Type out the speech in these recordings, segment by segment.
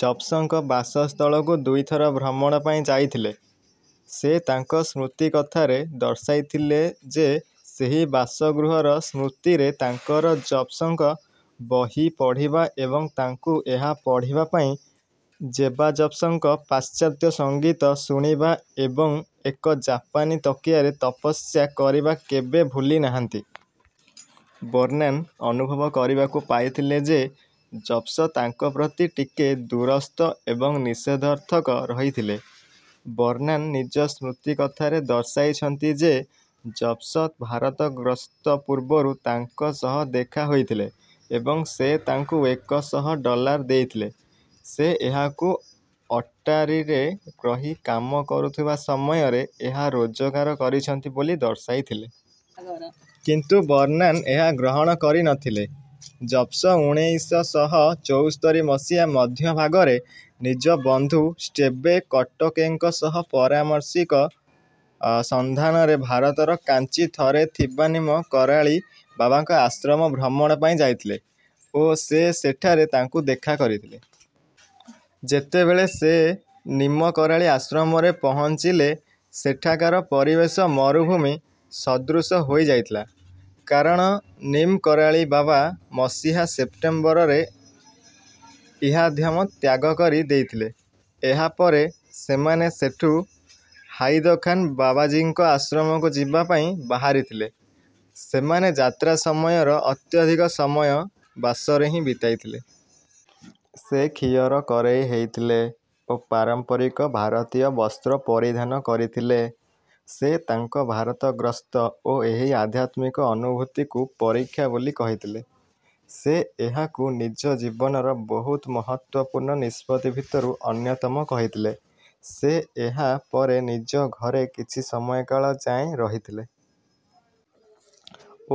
ଜବ୍ସଙ୍କ ବାସସ୍ଥଳକୁ ଦୁଇ ଥର ଭ୍ରମଣ ପାଇଁ ଯାଇଥିଲେ। ସେ ତାଙ୍କ ସ୍ମୃତିକଥାରେ ଦର୍ଶାଇଥିଲେ ଯେସେହି ବାସଗୃହର ସ୍ମୃତିରେ ତାଙ୍କର ଜବ୍ସଙ୍କ ବହିପଢ଼ିବା ଏବଂ ତାଙ୍କୁ ଏହା ପଢ଼ିବା ପାଇଁ ଜେବାଜବ୍ସଙ୍କ ପାଶ୍ଚାତ୍ୟ ସଂଗୀତ ଶୁଣିବା ଏବଂ ଏକ ଜାପାନୀ ତକିଆରେ ତପସ୍ୟା କରିବା କେବେ ଭୁଲି ନାହାନ୍ତି। ବର୍ନାନ ଅନୁଭବ କରିବାକୁ ପାଇଥିଲେ ଯେ ଜବ୍ସ ତାଙ୍କ ପ୍ରତି ଟିକେ ଦୁରସ୍ଥ ଏବଂ ନିଷେଧର୍ଥକ ରହିଥିଲେ। ବର୍ନାନ ନିଜ ସ୍ମୃତିକଥାରେ ଦର୍ଶାଇଛନ୍ତି ଯେ ଜବ୍ସ ଭାରତ ଗ୍ରସ୍ତ ପୂର୍ବରୁ ତାଙ୍କ ସହ ଦେଖା ହୋଇଥିଲେ ଏବଂ ସେ ତାଙ୍କୁ ଏକ ଶହ ଡଲାର୍ ଦେଇଥିଲେ ସେ ଏହାକୁ ଅଟାରୀରେ ରହି କାମ କରୁୁଥିବା ସମୟରେ ଏହା ରୋଜଗାର କରିଛନ୍ତି ବୋଲି ଦର୍ଶାଇ ଥିଲେ। କିନ୍ତୁ ବର୍ନାନ ଏହା ଗ୍ରହଣ କରିନଥିଲେ। ଜବ୍ସ ଉଣେଇଶ ଶହ ଚଉସ୍ତରୀ ମସିହା ମଧ୍ୟଭାଗରେ ନିଜ ବନ୍ଧୁ ଷ୍ଟେବେ କଟୋକେଙ୍କ ସହ ପରାମର୍ଶିକ ସନ୍ଧାନରେ ଭାରତର କାଞ୍ଚି ଥରେ ଥିବା ନିମକରାଳି ବାବାଙ୍କ ଆଶ୍ରମ ଭ୍ରମଣ ପାଇଁ ଯାଇଥିଲେ ଓ ସେ ସେଠାରେ ତାଙ୍କୁ ଦେଖା କରିଥିଲେ। ଯେତେବେଳେ ସେ ନିମ କରାଳି ଆଶ୍ରମରେ ପହଁଚିଲେସେଠାକାର ପରିବେଶ ମରୁଭୂମି ସଦୃଶ୍ୟ ହୋଇ ଯାଇଥିଲା। କାରଣ ନିମ୍ କରାଳି ବାବା ମସିହା ସେପ୍ଟେମ୍ବରରେ ଇହାଧ୍ୟମ ତ୍ୟାଗ କରି ଦେଇଥିଲେ। ଏହା ପରେ ସେମାନେ ସେଠୁ ହାଇଦଖାନ ବାବାଜିଙ୍କ ଆଶ୍ରମକୁ ଯିବା ପାଇଁ ବାହାରି ଥିଲେ। ସେମାନେ ଯାତ୍ରା ସମୟର ଅତ୍ୟଧିକ ସମୟ ବାସରେ ହିଁ ବିତାଇ ଥିଲେ। ସେ ଖିଅର କରେଇ ହେଇଥିଲେ ଓ ପାରମ୍ପରିକ ଭାରତୀୟ ବସ୍ତ୍ର ପରିଧାନ କରିଥିଲେ। ସେ ତାଙ୍କ ଭାରତ ଗ୍ରସ୍ତ ଓ ଏହି ଆଧ୍ୟାତ୍ମିକ ଅନୁଭୁତିକୁ ପରୀକ୍ଷା ବୋଲି କହିଥିଲେ। ସେ ଏହାକୁ ନିଜ ଜୀବନର ବହୁତ ମହତ୍ତ୍ୱପୂର୍ଣ୍ଣ ନିଷ୍ପତି ଭିତରୁୁ ଅନ୍ୟତମ କହିଥିଲେ। ସେ ଏହା ପରେ ନିଜ ଘରେ କିଛି ସମୟକାଳ ଯାଏଁ ରହିଥିଲେ।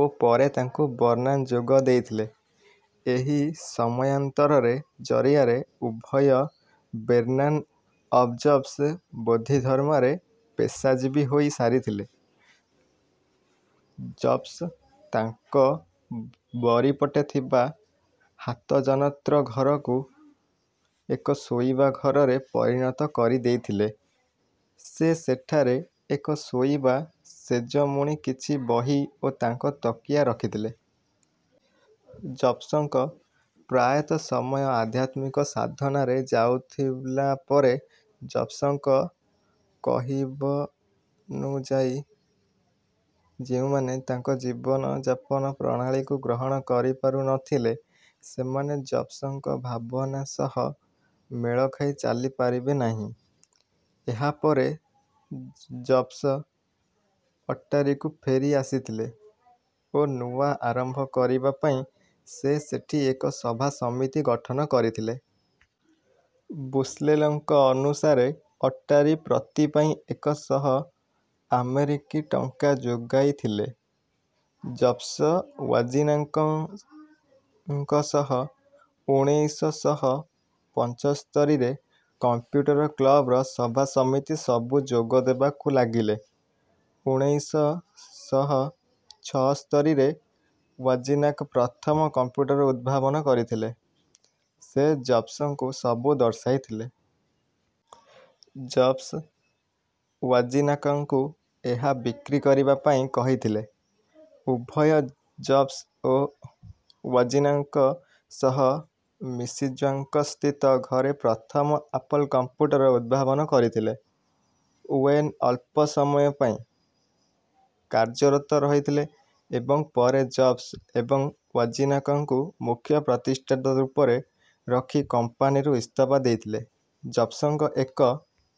ଓ ପରେ ତାଙ୍କୁ ବର୍ନାନ ଯୋଗ ଦେଇ ଥିଲେ। ଏହି ସମୟାନ୍ତରରେ ଜରିଆରେ ଉଭୟ ବେର୍ନାନ ଅବ ଜବ୍ସ ବୋଦ୍ଧିଧର୍ମରେ ପେସାଜୀବୀ ହୋଇ ସାରିଥିଲେ। ଜବ୍ସ ତାଙ୍କ ବରିପଟେ ଥିବା ହାତଜନତ୍ର ଘରକୁ ଏକ ଶୋଇବା ଘରରେ ପରିଣତ କରି ଦେଇଥିଲେ। ସେ ସେଠାରେ ଏକ ଶୋଇବା ସେଜମୁଣୀକିଛି ବହି ଓ ତାଙ୍କ ତକିଆ ରଖିଥିଲେ। ଜବ୍ସଙ୍କ ପ୍ରାୟତଃ ସମୟ ଆଧ୍ୟାତ୍ମିକ ସାଧନାରେ ଯାଉଥିଲା ପରେ ଜବ୍ସଙ୍କ କହିବନୁଯାଇଯେଉଁମାନେ ତାଙ୍କ ଜୀବନ ଯାପନ ପ୍ରଣାଳୀକୁ ଗ୍ରହଣ କରିପାରୁ ନଥିଲେ ସେମାନେ ଜବ୍ସଙ୍କ ଭାବନା ସହ ମେଳଖାଇ ଚାଲି ପାରିବେ ନାହିଁ। ଏହା ପରେ ଜବ୍ସ ଅଟାରୀକୁ ଫେରି ଆସିଥିଲେ ଓ ନୂଆ ଆରମ୍ଭ କରିବା ପାଇଁ ସେ ସେଠୀ ଏକ ସଭାସମିତି ଗଠନ କରିଥିଲେ। ବୁଶ୍ନେଲଙ୍କ ଅନୁଷାରେ ଅଟାରୀ ପ୍ରତି ପାଇଁ ଏକ ଶହ ଅମେରିକି ଟଙ୍କା ଯୋଗାଇଥିଲେ। ଜବ୍ସ ୱଜିନାଙ୍କ ଙ୍କସହ ଉଣେଇଶ ଶହ ପଞ୍ଚସ୍ତରୀରେ କମ୍ପୁଟର କ୍ଲବର ସଭାସମିତି ସବୁ ଯୋଗ ଦେବାକୁ ଲାଗିଲେ। ଉଣେଇଶ ଶହ ଛଅସ୍ତରୀରେ ୱଜିନାକ ପ୍ରଥମ କମ୍ପୁଟର ଉଦ୍ଭାବନ କରିଥିଲେ। ସେ ଜବ୍ସଙ୍କୁ ସବୁ ଦର୍ଶାଇ ଥିଲେ। ଜବ୍ସ ୱଜିନାକଙ୍କୁ ଏହା ବିକ୍ରି କରିବା ପାଇଁ କହିଥିଲେ। ଉଭୟ ଜବ୍ସ ଓ ୱଜିନାକ ସହ ମିଶିଜ୍ୱାଙ୍କ ସ୍ଥିତ ଘରେ ପ୍ରଥମ ଆପଲ କମ୍ପୁଟର ଉଦ୍ଭାବନ କରିଥିଲେ। ୱେନ ଅଳ୍ପ ସମୟ ପାଇଁ। କାର୍ଯ୍ୟରତ ରହିଥିଲେ ଏବଂ ପରେ ଜବ୍ସ ଏବଂ ୱଜିନାକଙ୍କୁ ମୁଖ୍ୟ ପ୍ରତିଷ୍ଠାତା ରୂପରେ ରଖି କମ୍ପାନୀରୁ ଇସ୍ତଫା ଦେଇଥିଲେ। ଜବ୍ସଙ୍କ ଏକ